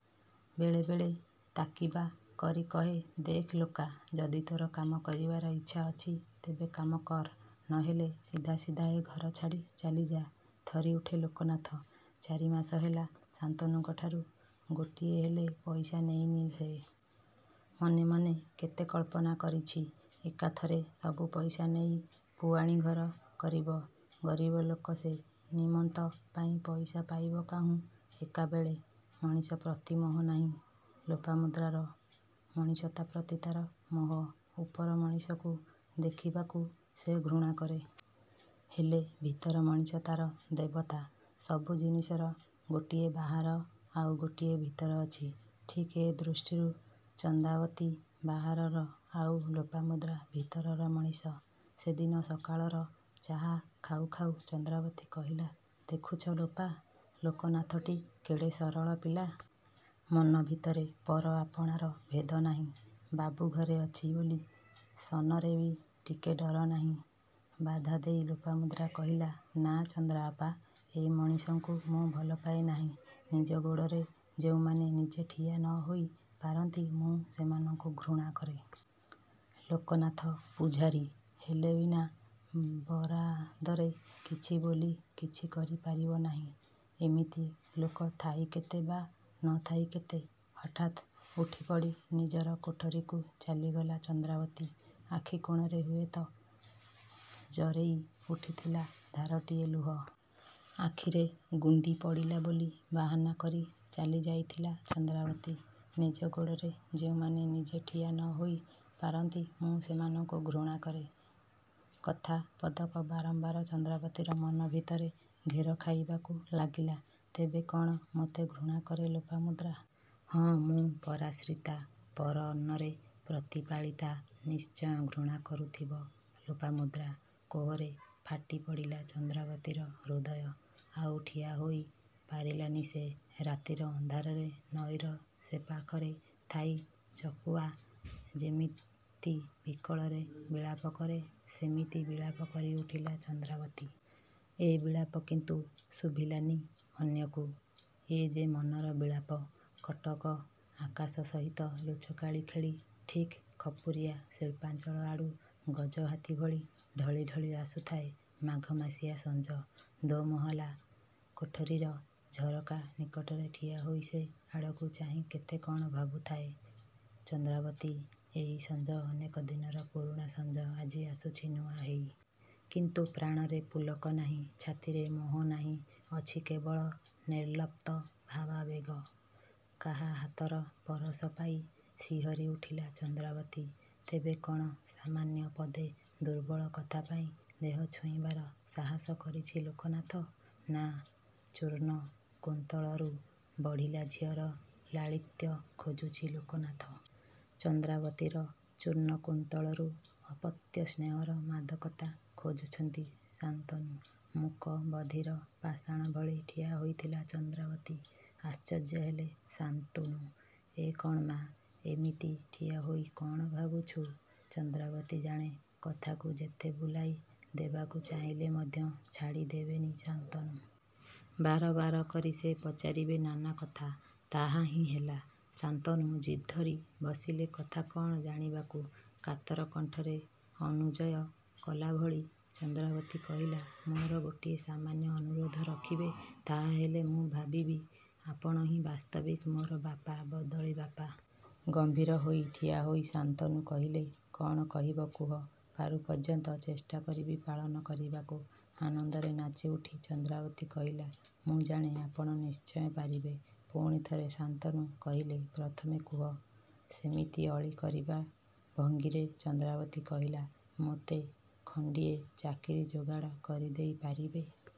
ବେଳେ ବେଳେ ତାକିବା କରି କହେ-''ଦେଖ୍ ଲୋକା! ଯଦି ତୋର କାମ କରିବାର ଇଚ୍ଛା ଅଛି ତେବେ କାମ କର ନ ହେଲେ ସିଧା ସିଧା ଏ ଘର ଛାଡ଼ି ଚାଲିଯା '' ଥରିଉଠେ ଲୋକନାଥ ଚାରି ମାସ ହେଲା ଶାନ୍ତନୁଙ୍କଠାରୁ ଗୋଟିଏ ହେଲେ ପଇସା ନେଇନି ସେ। ମନେ ମନେ କେତେ କଳ୍ପନା କରିଛି- ଏକାଥରେ ସବୁ ପଇସା ନେଇ ପୁଆଣୀ ଘର କରିବ। ଗରିବ ଲୋକ ସେ ନିମନ୍ତ ପାଇଁ ପଇସା ପାଇବ କାହୁଁ ଏକାବେଳେ। ମଣିଷ ପ୍ରତି ମୋହ ନାହିଁ ଲୋପାମୁଦ୍ରାର। ମଣିଷତା ପ୍ରତି ତା'ର ମୋହ। ଉପର ମଣିଷକୁ ଦେଖିବାକୁ ସେ ଘୃଣା କରେ। ହେଲେ ଭିତର ମଣିଷ ତା'ର ଦେବତା। ସବୁ ଜିନିଷର ଗୋଟିଏ ବାହାର ଆଉ ଗୋଟିଏ ଭିତର ଅଛି। ଠିକ୍ ଏ ଦୃଷ୍ଟିରୁ ଚନ୍ଦାବତୀ ବାହାରର ଆଉ ଲୋପାମୁଦ୍ରା ଭିତରର ମଣିଷ। ସେଦିନ ସକାଳର ଚାହା ଖାଉ ଖାଉ ଚନ୍ଦ୍ରାବତୀ କହିଲା ଦେଖୁଛ ଲୋପା! ଲୋକନାଥଟି କେଡ଼େ ସରଳ ପିଲା। ମନ ଭିତରେ ପର ଆପଣାର ଭେଦ ନାହିଁ। ବାବୁ ଘରେ ଅଛି ବୋଲି ସନରେ ବି ଟିକେ ଡର ନାହିଁ। ବାଧା ଦେଇ ଲୋପାମୁଦ୍ରା କହିଲା-''ନାଁ ଚନ୍ଦ୍ରାଅପା! ଏ ମଣିଷଙ୍କୁ ମୁଁ ଭଲପାଏ ନାହିଁ-। ନିଜ ଗୋଡ଼ରେ ଯେଉଁମାନେ ନିଜେ ଠିଆ ନ ହୋଇ ପାରନ୍ତି ମୁଁ ସେମାନଙ୍କୁ ଘୃଣା କରେ-। ଲୋକନାଥ ପୂଝାରୀ। ହେଲେ ବିନା ବରାଦରେ କିଛି ବୋଲି କିଛି କରି ପାରିବ ନାହିଁ। ଏମିତି ଲୋକ ଥାଇ କେତେ ବା ନ ଥାଇ କେତେ? '' ହଠାତ୍ ଉଠିପଡ଼ି ନିଜର କୋଠରୀକୁ ଚାଲିଗଲା ଚନ୍ଦ୍ରାବତୀ। ଆଖି କୋଣରେ ହୁଏତ ଜରେଇ ଉଠିଥିଲା ଧାରଟିଏ ଲୁହ। ଆଖିରେ ଗୁଣ୍ତି ପଡ଼ିଲା ବୋଲି ବାହାନା କରି ଚାଲି ଯାଇଥିଲା ଚନ୍ଦ୍ରାବତୀ। ''ନିଜ ଗୋଡ଼ରେ। ଯେଉଁମାନେ ନିଜେ ଠିଆ ନ ହୋଇ ପାରନ୍ତି ମୁଁ ସେମାନଙ୍କୁ ଘୃଣା କରେ। '' କଥା ପଦକ ବାରମ୍ୱାର ଚନ୍ଦ୍ରାବତୀର ମନ ଭିତରେ ଘେରଖାଇବାକୁ ଲାଗିଲା। ତେବେ କ'ଣ ମୋତେ ଘୃଣା କରେ ଲୋପାମୁଦ୍ରା? ହଁ ମୁଁ ପରାଶ୍ରିତା ପର ଅନ୍ନରେ ପ୍ରତିପାଳିତା ନିଶ୍ଚୟ ଘୃଣା କରୁଥିବ ଲୋପାମୁଦ୍ରା। କୋହରେ ଫାଟି ପଡ଼ିଲା ଚନ୍ଦ୍ରାବତୀର ହୃଦୟ। ଆଉ ଠିଆ ହୋଇ ପାରିଲାନି ସେ। ରାତିର ଅନ୍ଧାରରେ ନଈର ସେପାଖରେ ଥାଇ ଚକୁଆ ଯେମିତି ବିକଳରେ ବିଳାପ କରେ-ସେମିତି ବିଳାସ କରି ଉଠିଲା ଚନ୍ଦ୍ରାବତୀ। ଏ ବିଳାପ କିନ୍ତୁ ଶୁଭିଲାନି ଅନ୍ୟକୁ। ଏ ଯେ ମନର ବିଳାପ। କଟକ ଆକାଶ ସହିତ ଲୁଚକାଳି ଖେଳି ଠିକ୍ ଖପୁରିଆ ଶିଳ୍ପାଞ୍ଚଳ ଆଡ଼ୁ ଗଜହାତୀ ଭଳି ଢଳି ଢଳି ଆସୁଥାଏ ମାଘମାସିଆ ସଞ୍ଜ। ଦୋ' ମହାଲା କୋଠରୀର ଝରକା ନିକଟରେ ଠିଆ ହୋଇ ସେ ଆଡ଼କୁ ଚାହିଁ କେତେ କ'ଣ ଭାବୁଥାଏ ଚନ୍ଦ୍ରାବତୀ ଏଇ ସଞ୍ଜ ଅନେକ ଦିନର ପୁରୁଣା ସଞ୍ଜ ଆଜି ଆସୁଛି ନୂଆ ହେଇ। କିନ୍ତୁ ପ୍ରାଣରେ ପୁଲକ ନାହିଁ ଛାତିରେ ମୋହ ନାହିଁ ଅଛି କେବଳ ନିର୍ଲପ୍ତ ଭାବାବେଗ। କାହା ହାତର ପରଶ ପାଇ ଶିହରି ଉଠିଲା ଚନ୍ଦାବତୀ। ତେବେ କ'ଣ ସାମାନ୍ୟ ପଦେ ଦୁର୍ବଳ କଥା ପାଇଁ ଦେହ ଛୁଇଁବାର ସାହସ କରିଛି ଲୋକନାଥ? ନାଁ ଚୂର୍ଣ୍ଣ କୁନ୍ତଳରୁ ବଢ଼ିଲା ଝିଅର ଲାଳିତ୍ୟ ଖୋଜୁଛି ଲୋକନାଥ। ଚନ୍ଦ୍ରାବତୀର ଚୂର୍ଣ୍ଣକୁନ୍ତଳରୁ ଅପତ୍ୟ ସ୍ନେହର ମାଦକତା ଖୋଜୁଛନ୍ତି ଶାନ୍ତନୁ ମୂକ ବଧୀର ପାଷାଣ ଭଳି ଠିଆ ହୋଇଥିଲା ଚନ୍ଦ୍ରାବତୀ ଆଶ୍ଚର୍ଯ୍ୟ ହେଲେ ଶାନ୍ତୁନୁ ଏ କ'ଣ ମା, ଏମିତି ଠିଆ ହୋଇ କ'ଣ ଭାବୁଛୁ? ଚନ୍ଦ୍ରାବତୀ ଜାଣେ କଥାକୁ ଯେତେ ବୁଲାଇ ଦେବାକୁ ଚାହିଁଲେ ମଧ୍ୟ ଛାଡ଼ି ଦେବେନି ଶାନ୍ତନୁ। ବାରବାର କରି ସେ ପଚାରିବେ ନାନା କଥା। ତାହା ହିଁ ହେଲା। ଶାନ୍ତନୁ ଜିଦ୍ଧରି ବସିଲେ କଥା କ'ଣ ଜାଣିବାକୁ। କାତର କଣ୍ଠରେ ଅନୁଜୟ କଲାଭଳି ଚନ୍ଦ୍ରାବତୀ କହିଲା-''ମୋର ଗୋଟିଏ ସାମାନ୍ୟ ଅନୁରୋଧ ରଖିବେ? ତାହାହେଲେ ମୁଁ ଭାବିବି ଆପଣ ହିଁ ବାସ୍ତବିକ୍ ମୋର ବାପା ବଦଳି ବାପା। '' ଗମ୍ଭୀର ହୋଇ ଠିଆ ହୋଇ ଶାନ୍ତନୁ କହିଲେ-କ'ଣ କହିବ କୁହ ପାରୁ ପର୍ଯ୍ୟନ୍ତ ଚେଷ୍ଟା କରିବି ପାଳନ କରିବାକୁ। ଆନନ୍ଦରେ ନାଚିଉଠି ଚନ୍ଦ୍ରାବତୀ କହିଲା-''ମୁଁ ଜାଣେ ଆପଣ ନିଶ୍ଚୟ ପାରିବେ। '' ପୁଣି ଥରେ ଶାନ୍ତନୁ କହିଲେ-''ପ୍ରଥମେ କୁହ '' ସେମିତି ଅଳି କରିବା ଭଙ୍ଗୀରେ ଚନ୍ଦ୍ରାବତୀ କହିଲା-''ମୋତେ ଖଣ୍ଡିଏ ଚାକିରୀ ଯୋଗାଡ଼ କରିଦେଇ ପାରିବେ?